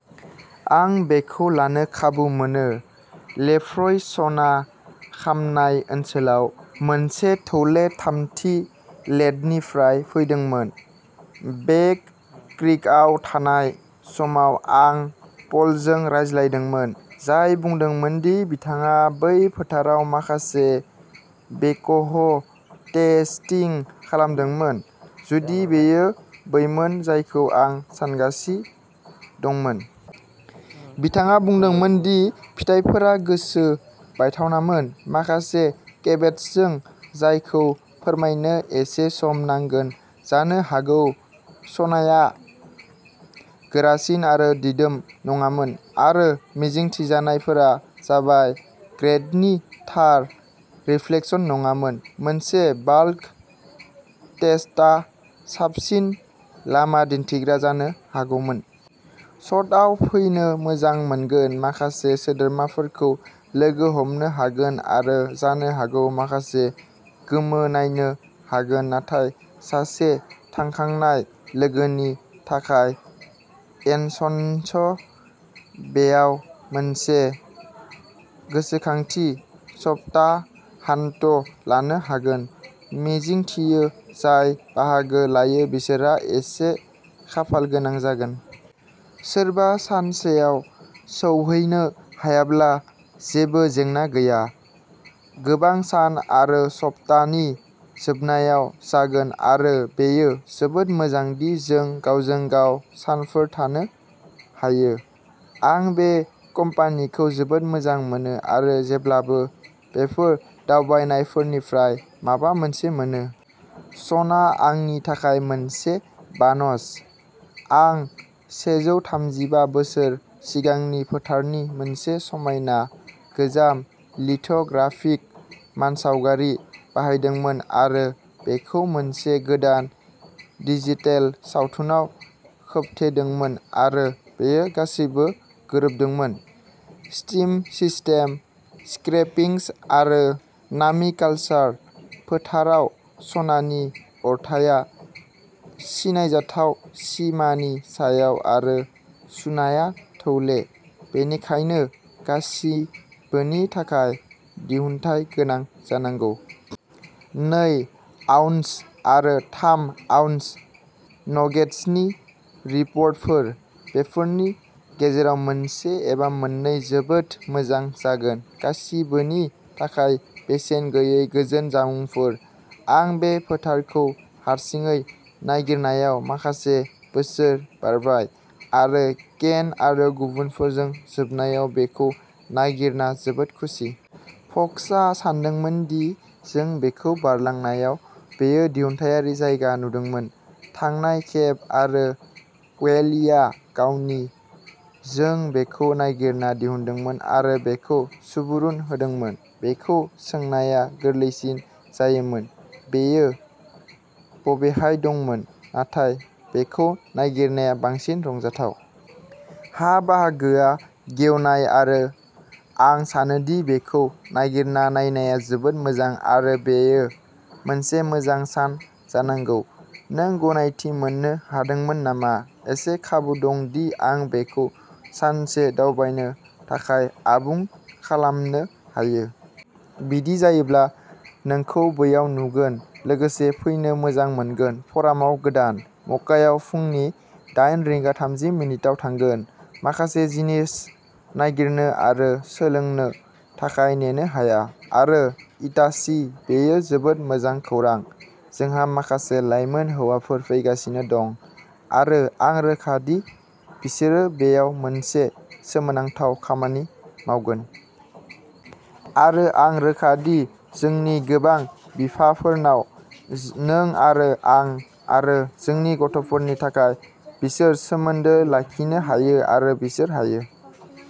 आं बेखौ लानो खाबु मोनो। लेफ्रय सना खामनाय ओनसोलाव मोनसे थौले थामथि लेडनिफ्राय फैदोंमोन। बेक क्रीकआव थानाय समाव आं पलजों रायज्लायदोंमोन, जाय बुंदोंमोन दि बिथाङा बै फोथाराव माखासे बेकह' टेस्टिं खालामदोंमोन, जुदि बेयो बैमोन जायखौ आं सानगासि दंमोन। बिथाङा बुंदोंमोन दि फिथायफोरा गोसो बायथावनामोन, माखासे केभेट्सजों जायखौ फोरमायनो एसे सम नांगोन। जानो हागौ सनाआ गोरासिन आरो दिदोम नङामोन, आरो मिजिंथिजानायफोरा थानाय ग्रेडनि थार रिफ्लेकसन नङामोन। मोनसे बाल्क टेस्टआ साबसिन लामा दिन्थिग्रा जानो हागौमोन। सतआव फैनो मोजां मोनगोन, माखासे सोद्रोमाफोरखौ लोगो हमनो हागोन आरो जानो हागौ माखासे गोमो नायनो हागोन नाथाय सासे थांखांनाय लोगोनि थाखाय एनसन्स बेआव मोनसे गोसोखांथि सप्ताहान्त लानो हागोन। मिजिंथियो जाय बाहागो लायो बिसोरहा एसे खाफालगोनां जागोन। सोरबा सानसेयाव सौहैनो हायाब्ला जेबो जेंना गैया। गोबां सान आरो सप्तानि जोबनायाव जागोन आरो बेयो जोबोद मोजां दि जों गावजों-गाव सानफोर थानो हायो। आं बे कम्पानीखौ जोबोद मोजां मोनो आरो जेब्लाबो बेफोर दावबायनायफोरनिफ्राय माबा मोनसे मोनो। सना आंनि थाखाय मोनसे बानस। आं सेजौथामजिबा बोसोर सिगांनि फोथारनि मोनसे समायना गोजाम लिथ'ग्राफिक मानसावगारि बाहायदोंमोन आरो बेखौ मोनसे गोदान डिजिटेल सावथुनाव खोबथेदोंमोन आरो बेयो गासैबो गोरोबदोंमोन। स्ट्रिम सिस्टेम, स्क्रेपिंस आरो नामिकालसार। फोथाराव सनानि अरथाइया सिनायथाव सिमानि सायाव आरो सुनाया थौले, बेनिखायनो गासिबोनि थाखाय दिहुनथाय गोनां जानांगौ। नै आउन्स आरो थाम आउन्स नगेट्सनि रिपर्टफोर। बेफोरनि गेजेराव मोनसे एबा मोननै, जोबोद मोजां जागोन। गासिबोनि थाखाय बेसेन गैयै गोजोन जामुंफोर। आं बे फोथारखौ हारसिङै नागिरनायाव माखासे बोसोर बारबाय आरो केन आरो गुबुनफोरजों जोबनायाव बेखौ नागिरना जोबोद खुसि। फक्सआ सानदोंमोन दि जों बेखौ बारलांनायाव बेयो दिहुनथायारि जायगा नुदोंमोन। थांनाय खेब। आरो वेलिआ गावनि जों बेखौ नागिरना दिहुनदोंमोन आरो बेखौ सुबुरुन होदोंमोन। बेखौ सोंनाया गोरलैसिन जायोमोन, बेयो बबेहाय दंमोन। नाथाय बेखौ नागिरनाया बांसिन रंजाथाव। हा बाहागोआ गेवनाय आरो आं सानो दि बेखौ नागिरना नायनाया जोबोद मोजां आरो बेयो मोनसे मोजां सान जानांगौ। नों गनायथि मोन्नो हादोंमोन नामा? इसे खाबु दं दि आं बेखौ सानसे दावबायनो थाखाय आबुं खालामनो हायो। बिदि जायोब्ला, नोंखौ बैयाव नुगोन लोगोसे फैनो मोजां मोनगोन, फ'रामाव गोदान। मक्कायाव फुंनि डायेन रिंगा थामजि मिनिताव थांगोन, माखासे जिनिस नागिरनो आरो सोलोंनो थाखाय नेनो हाया। आरो इटासि, बेयो जोबोद मोजां खौरां। जोंहा माखासे लाइमोन हौवाफोर फैगासिनो दं आरो आं रोखा दि बिसोरो बेयाव मोनसे सोमोनांथाव खामानि मावगोन। आरो आं रोखा दि जोंनि गोबां बिफाफोरनाव नों आरो आं आरो जोंनि गथ'फोरनि थाखाय बिसोर सोमोन्दो लाखिनो हायो आरो बिसोर हायो।